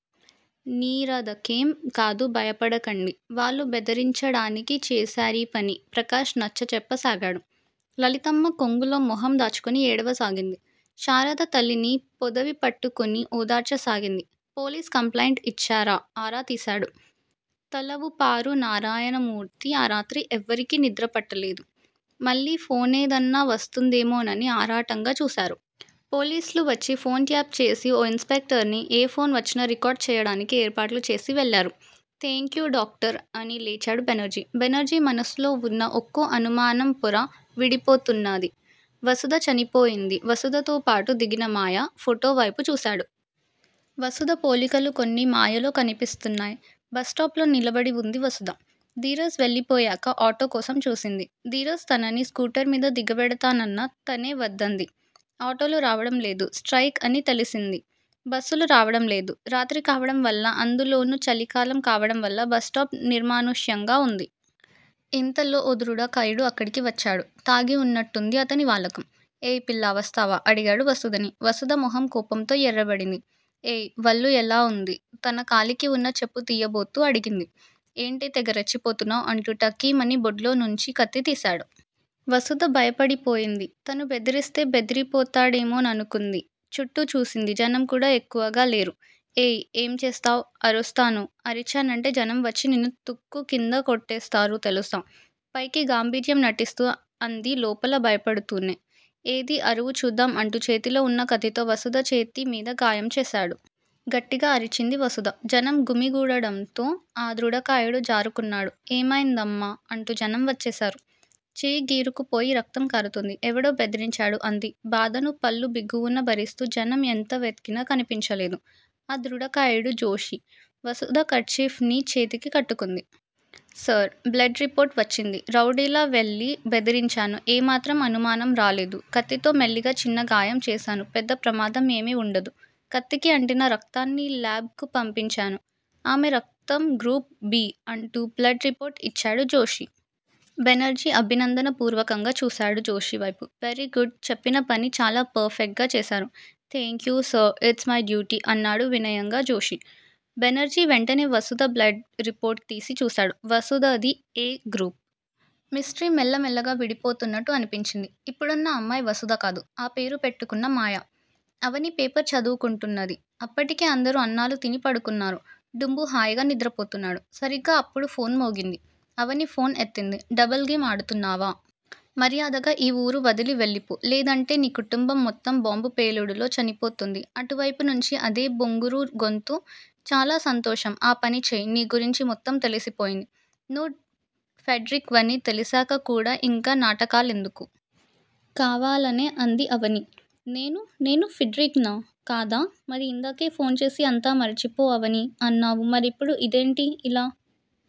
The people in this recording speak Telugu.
నీరదకేం కాదు భయపడకండి వాళ్లు బెదిరించడానికి చేశారీపని ప్రకాష్ నచ్చచెప్పసాగాడు. లలితమ్మ కొంగులో మొహం దాచుకుని ఏడవసాగింది. శారద తల్లిని పొదివిపట్టుకుని ఓదార్చసాగింది. పోలీస్ కంప్లయింట్ ఇచ్చారా ఆరా తీశాడు. తలవూపారు నారాయణమూర్తి. ఆ రాత్రి ఎవరికీ నిద్రపట్టలేదు. మళ్ళీ ఫోనేదన్నా వస్తుందేమోనని ఆరాటంగా చూశారు. పోలీసులు వచ్చి ఫోన్ ట్యాప్ చేసి ఓ ఇన్ స్పెక్టరుని ఏ ఫోన్ వచ్చినా రికార్డు చెయ్యడానికి ఏర్పాట్లు చేసి వెళ్ళారు. థేంక్యూ డాక్టర్ అని లేచాడు బెనర్జీ. బెనర్జీ మనసులో వున్న ఒక్కో అనుమానంపోర విడిపోతున్నాది. వసుధ చనిపోయింది. వసుధతో పాటు దిగిన మాయ ఫోటో వైపు చూసాడు. వసుధ పోలికలు కొన్ని మాయలో కనిపిస్తున్నాయి. బస్ స్టాప్ లో నిలబడి వుంది వసుధ. ధీరజ్ వెళ్ళిపోయాక, ఆటో కోసం చూసింది. ధీరజ్ తనని స్కూటర్ మిద దిగబెడతానన్నా తనే వద్దంది. ఆటోలు రావడంలేదు. స్ట్రయికని తెలిసింది. బస్సులు రావడం లేదు. రాత్రి కావడం వల్ల, అందులోనూ చలికాలం కావడంవల్ల బస్టాప్ నిర్మానుష్యంగా వుంది. ఇంతలో ఓ దృఢకాయుడు అక్కడికి వచ్చాడు. తాగి వున్నట్టుంది అతని వాలకం. ఏయ్ పిల్లా వస్తావా? అడిగాడు వసుధని. వసుధ మొహం కోపంతో ఎర్రబడింది. ఏయ్ వళ్ళు ఎలా వుంది? తన కాలికి వున్న చెప్పు తియబోతూ అడిగింది. ఏంటే తెగ రెచ్చిపోతున్నావు? అంటూ ఠకీమని బొడ్లో నుంచి కత్తి తీసాడు. వసుధ భయపడిపోయింది. తను బెదిరిస్తే బెదిరిపోతాడేమోననుకుంది. చుట్టూ చూసింది. జనం కూడా ఎక్కువగా లేరు. ఏయ్ ఏం చేస్తావు? అరుస్తాను అరిచానంటే జనం వచ్చి నిన్ను తుక్కు కింద కొట్టేస్తారు తెలుసా పైకి గాంభీర్యం నటిస్తూ అంది లోపల భయపడుతూనే. ఏదీ అరువు చూద్దాం అంటూ చేతిలో వున్న కత్తితో వసుధ చేతి మీద గాయం చేసాడు. గట్టిగా అరిచింది వసుధ. జనం గుమిగూడడంతో ఆ దృఢకాయుడు జారుకున్నాడు. ఏమైందమ్మా అంటూ జనం వచ్చేసారు. చేయి గీరుకుపోయి రక్తం కారుతుంది. ఎవడో బెదిరించాడు అంది బాధను పళ్ళు బిగువున భరిస్తూ జనం ఎంత వెతికినా కనిపించలేదు. ఆ దృఢకాయుడు- జోషి. వసుధ, కర్చీఫ్ ని చేతికి కట్టుకుంది. సార్ బ్లడ్ రిపోర్ట్ వచ్చింది. రౌడీలా వెళ్ళి బెదిరించాను. ఏ మాత్రం అనుమానం రాలేదు. కత్తితో మెల్లిగా చిన్న గాయం చేసాను పెద్ద ప్రమాదం ఏమీ వుండదు. కత్తికి అంటిన రక్తాన్ని లాబ్ కు పంపించాను. ఆమె రక్తం గ్రూప్ 'బి'. అంటూ బ్లడ్ రిపోర్ట్ ఇచ్చాడు జోషి. బెనర్జీ అభినందన పూర్వకంగా చూసాడు జోషివైపు. వెరీ గుడ్ చెప్పిన పని చాలా పర్ ఫెక్ట్ గా చేసారు. Thank you sir it's my duty అన్నాడు వినయంగా జోషి. బెనర్జీ వెంటనే వసుధ బ్లడ్ రిపోర్ట్ తీసి చూసాడు. వసుధ ది 'ఏ' గ్రూప్. మిస్టరీ మెల్ల మెల్లగా విడిపోతున్నట్టు అనిపించింది. ఇప్పుడున్న అమ్మాయి వసుధ కాదు. ఆ పేరు పెట్టుకున్న మాయ. అవని పేపరు చదువుకుంటున్నది. అప్పటికే అందరూ అన్నాలు తిని పడుకున్నారు, డుంబు హాయిగా నిద్రపోతున్నాడు. సరిగ్గా అప్పుడు ఫోన్ మోగింది. అవని ఫోన్ ఎత్తింది. డబుల్ గేమ్ ఆడుతున్నావా? మర్యాదగా ఈ ఊరు వదిలి వెళ్ళిపో లేదంటే నీ కుటుంబం మొత్తం బాంబు పేలుడులో చనిపోతుంది అటువైపు నుంచి అదే బొంగురు గొంతు. చాలా సంతోషం ఆ పని చెయ్ నీ గురించి మొత్తం తెలిసిపోయింది. నువ్వు ఫెడ్రిక్ వని తెలిసాక కూడా ఇంకా నాటకాలెందుకు? కావాలనే అంది అవని. నేను నేను ఫిడ్రిక్ నా? కాదా మరి ఇందాకే ఫోన్ చేసి అంతా మరిచిపో అవనీ అన్నావు మరిప్పుడు ఇదేంటి? ఇలా